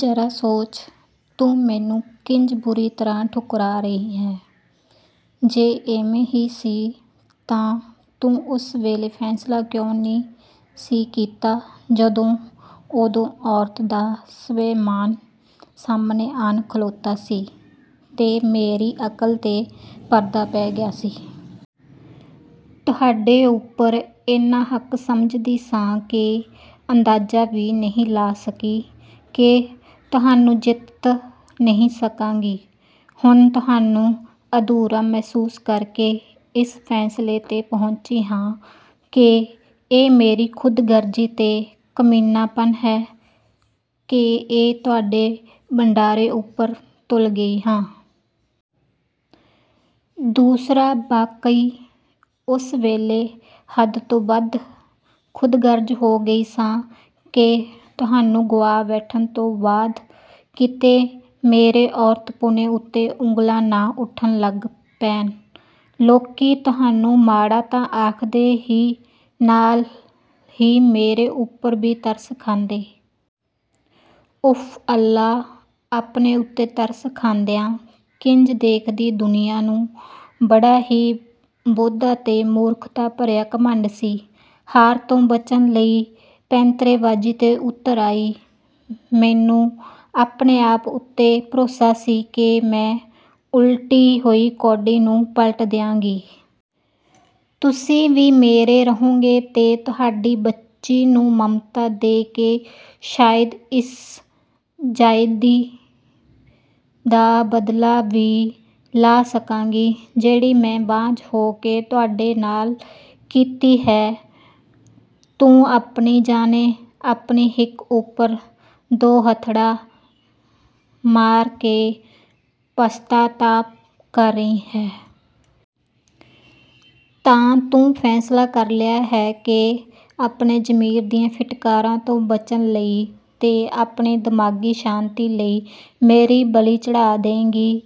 "ਜ਼ਰਾ ਸੋਚ, ਤੂੰ ਮੈਨੂੰ ਕਿੰਜ ਬੁਰੀ ਤਰ੍ਹਾਂ ਠੁਕਰਾ ਰਹੀ ਹੈਂ? ਜੇ ਇਵੇਂ ਹੀ ਸੀ ਤਾਂ ਤੂੰ ਉਸ ਵੇਲੇ ਫ਼ੈਸਲਾ ਕਿਉਂ ਨਹੀਂ ਸੀ ਕੀਤਾ ਜਦੋਂ" "ਉਦੋਂ ਔਰਤ ਦਾ ਸਵੈਮਾਨ ਸਾਹਮਣੇ ਆਣ ਖਲੋਤਾ ਸੀ, ਤੇ ਮੇਰੀ ਅਕਲ 'ਤੇ ਪਰਦਾ ਪੈ ਗਿਆ ਸੀ। ਤੁਹਾਡੇ ਉੱਪਰ ਇੰਨਾ ਹੱਕ ਸਮਝਦੀ ਸਾਂ ਕਿ ਅੰਦਾਜ਼ਾ ਵੀ ਨਹੀਂ ਲਾ ਸਕੀ ਕਿ ਤੁਹਾਨੂੰ ਜਿੱਤ ਨਹੀਂ ਸਕਾਂਗੀ। ਹੁਣ ਤੁਹਾਨੂੰ ਅਧੂਰਾ ਮਹਿਸੂਸ ਕਰਕੇ ਇਸ ਫ਼ੈਸਲੇ 'ਤੇ ਪਹੁੰਚੀ ਹਾਂ ਕਿ ਇਹ ਮੇਰੀ ਖ਼ੁਦਗਰਜ਼ੀ ਤੇ ਕਮੀਨਾਪਣ ਹੈ ਕਿ ਤੁਹਾਡੇ ਵੰਡਾਰੇ ਉੱਪਰ ਤੁਲ ਗਈ ਹਾਂ। ਦੂਸਰਾ ਵਾਕਈ ਉਸ ਵੇਲੇ ਹੱਦ ਤੋਂ ਵੱਧ ਖ਼ੁਦਗਰਜ਼ ਹੋ ਗਈ ਸਾਂ ਕਿ ਤੁਹਾਨੂੰ ਗੁਆ ਬੈਠਣ ਤੋਂ ਬਾਅਦ ਕਿਤੇ ਮੇਰੇ ਔਰਤਪੁਣੇ ਉੱਤੇ ਉਂਗਲਾਂ ਨਾ ਉੱਠਣ ਲੱਗ ਪੈਣ। ਲੋਕੀ ਤੁਹਾਨੂੰ ਮਾੜਾ ਤਾਂ ਆਖਦੇ ਹੀ, ਨਾਲ ਹੀ ਮੇਰੇ ਉੱਪਰ ਵੀ ਤਰਸ ਖਾਂਦੇ। ਉਫ਼ ਅੱਲਾ, ਆਪਣੇ ਉੱਤੇ ਤਰਸ ਖਾਂਦਿਆਂ ਕਿੰਜ ਦੇਖਦੀ ਦੁਨੀਆਂ ਨੂੰ!" ਬੜਾ ਹੀ ਬੋਦਾ ਤੇ ਮੂਰਖਤਾ ਭਰਿਆ ਘੁਮੰਡ ਸੀ, ਹਾਰ ਤੋਂ ਬਚਣ ਲਈ ਪੈਂਤਰੇਬਾਜ਼ੀ 'ਤੇ ਉਤਰ ਆਈ। ਮੈਨੂੰ ਆਪਣੇ ਆਪ ਉੱਤੇ ਭਰੋਸਾ ਸੀ ਕਿ ਮੈਂ ਉਲਟੀ ਹੋਈ ਕੌਡੀ ਨੂੰ ਪਲਟ ਦਿਆਂਗੀ। ਤੁਸੀਂ ਵੀ ਮੇਰੇ ਰਹੋਗੇ ਤੇ ਤੁਹਾਡੀ ਬੱਚੀ ਨੂੰ ਮਮਤਾ ਦੇ ਕੇ ਸ਼ਾਇਦ ਇਸ ਜ਼ਿਆਦੀ ਦਾ ਬਦਲਾ ਵੀ ਲਾਹ ਸਕਾਂਗੀ, ਜਿਹੜੀ ਮੈਂ ਬਾਂਝ ਹੋ ਕੇ ਤੁਹਾਡੇ ਨਾਲ ਕੀਤੀ ਹੈ।" "ਤੂੰ ਆਪਣੀ ਜਾਣੇ, ਆਪਣੀ ਹਿੱਕ ਉੱਪਰ ਦੋਹੱਥੜਾਂ ਮਾਰ ਕੇ ਪਸ਼ਚਾਤਾਪ ਕਰ ਰਹੀ ਹੈਂ?" "ਤਾਂ ਤੂੰ ਫ਼ੈਸਲਾ ਕਰ ਲਿਆ ਹੈ ਕਿ ਆਪਣੇ ਜ਼ਮੀਰ ਦੀਆਂ ਫਿਟਕਾਰਾਂ ਤੋਂ ਬਚਣ ਲਈ ਤੇ ਆਪਣੀ ਦਿਮਾਗ਼ੀ ਸ਼ਾਂਤੀ ਲਈ ਮੇਰੀ ਬਲੀ ਚੜ੍ਹਾ ਦੇਂਗੀ?"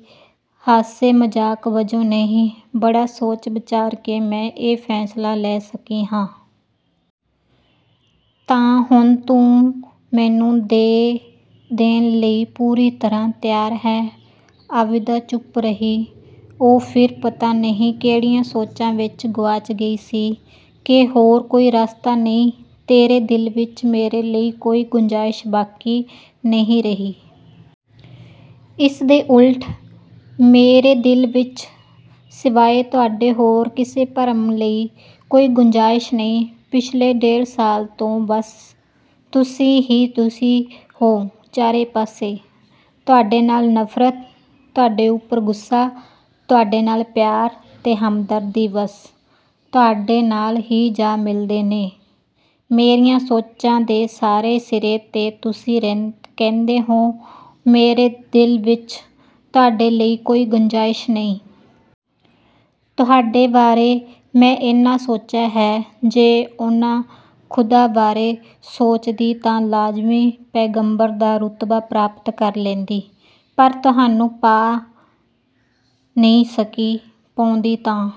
"ਹਾਸੇ ਮਜ਼ਾਕ ਵਜੋਂ ਨਹੀਂ, ਬੜਾ ਸੋਚ-ਵਿਚਾਰ ਕੇ ਮੈਂ ਇਹ ਫ਼ੈਸਲਾ ਲੈ ਸਕੀ ਹਾਂ।" "ਤਾਂ ਹੁਣ ਤੂੰ ਮੈਨੂੰ ਦੇ-ਦੇਣ ਲਈ ਪੂਰੀ ਤਰ੍ਹਾਂ ਤਿਆਰ ਹੈਂ?" ਆਬਿਦਾ ਚੁੱਪ ਰਹੀ। ਉਹ ਫਿਰ ਪਤਾ ਨਹੀਂ ਕਿਹੜੀਆਂ ਸੋਚਾਂ ਵਿੱਚ ਗੁਆਚ ਗਈ ਸੀ।"ਕੀ ਹੋਰ ਕੋਈ ਰਸਤਾ ਨਹੀਂ? ਤੇਰੇ ਦਿਲ ਵਿੱਚ ਮੇਰੇ ਲਈ ਕੋਈ ਗੁੰਜਾਇਸ਼ ਬਾਕੀ ਨਹੀਂ ਰਹੀ?" "ਇਸ ਦੇ ਉਲਟ, ਮੇਰੇ ਦਿਲ ਵਿੱਚ ਸਿਵਾਏ, ਤੁਹਾਡੇ ਹੋਰ ਕਿਸੇ ਭਰਮ ਲਈ ਕੋਈ ਗੁੰਜਾਇਸ਼ ਨਹੀਂ। ਪਿਛਲੇ ਡੇਢ ਸਾਲ ਤੋਂ ਬਸ ਤੁਸੀਂ ਹੀ ਤੁਸੀਂ ਹੋ ਚਾਰੇ ਪਾਸੇ। ਤੁਹਾਡੇ ਨਾਲ ਨਫ਼ਰਤ, ਤੁਹਾਡੇ ਉੱਪਰ ਗੁੱਸਾ, ਤੁਹਾਡੇ ਨਾਲ ਪਿਆਰ ਤੇ ਹਮਦਰਦੀ ਬੱਸ, ਤੁਹਾਡੇ ਨਾਲ ਹੀ ਜਾ ਮਿਲਦੇ ਨੇ ਮੇਰੀਆਂ ਸੋਚਾਂ ਦੇ ਸਾਰੇ ਸਿਰੇ ਤੇ ਤੁਸੀਂ ਕਹਿੰਦੇ ਹੋ, ਮੇਰੇ ਦਿਲ ਵਿੱਚ ਤੁਹਾਡੇ ਲਈ ਕੋਈ ਗੁੰਜਾਇਸ਼ ਨਹੀਂ! ਤੁਹਾਡੇ ਬਾਰੇ ਮੈਂ ਇੰਨਾ ਸੋਚਿਆ ਹੈ, ਜੇ ਓਨਾ ਖ਼ੁਦਾ ਬਾਰੇ ਸੋਚਦੀ ਤਾਂ ਲਾਜ਼ਮੀ ਪੈਗ਼ੰਬਰ ਦਾ ਰੁਤਬਾ ਪ੍ਰਾਪਤ ਕਰ ਲੈਂਦੀ। ਪਰ ਤੁਹਾਨੂੰ ਪਾ ਨਹੀਂ ਸਕੀ।" "ਪਾਉਂਦੀ ਤਾਂ"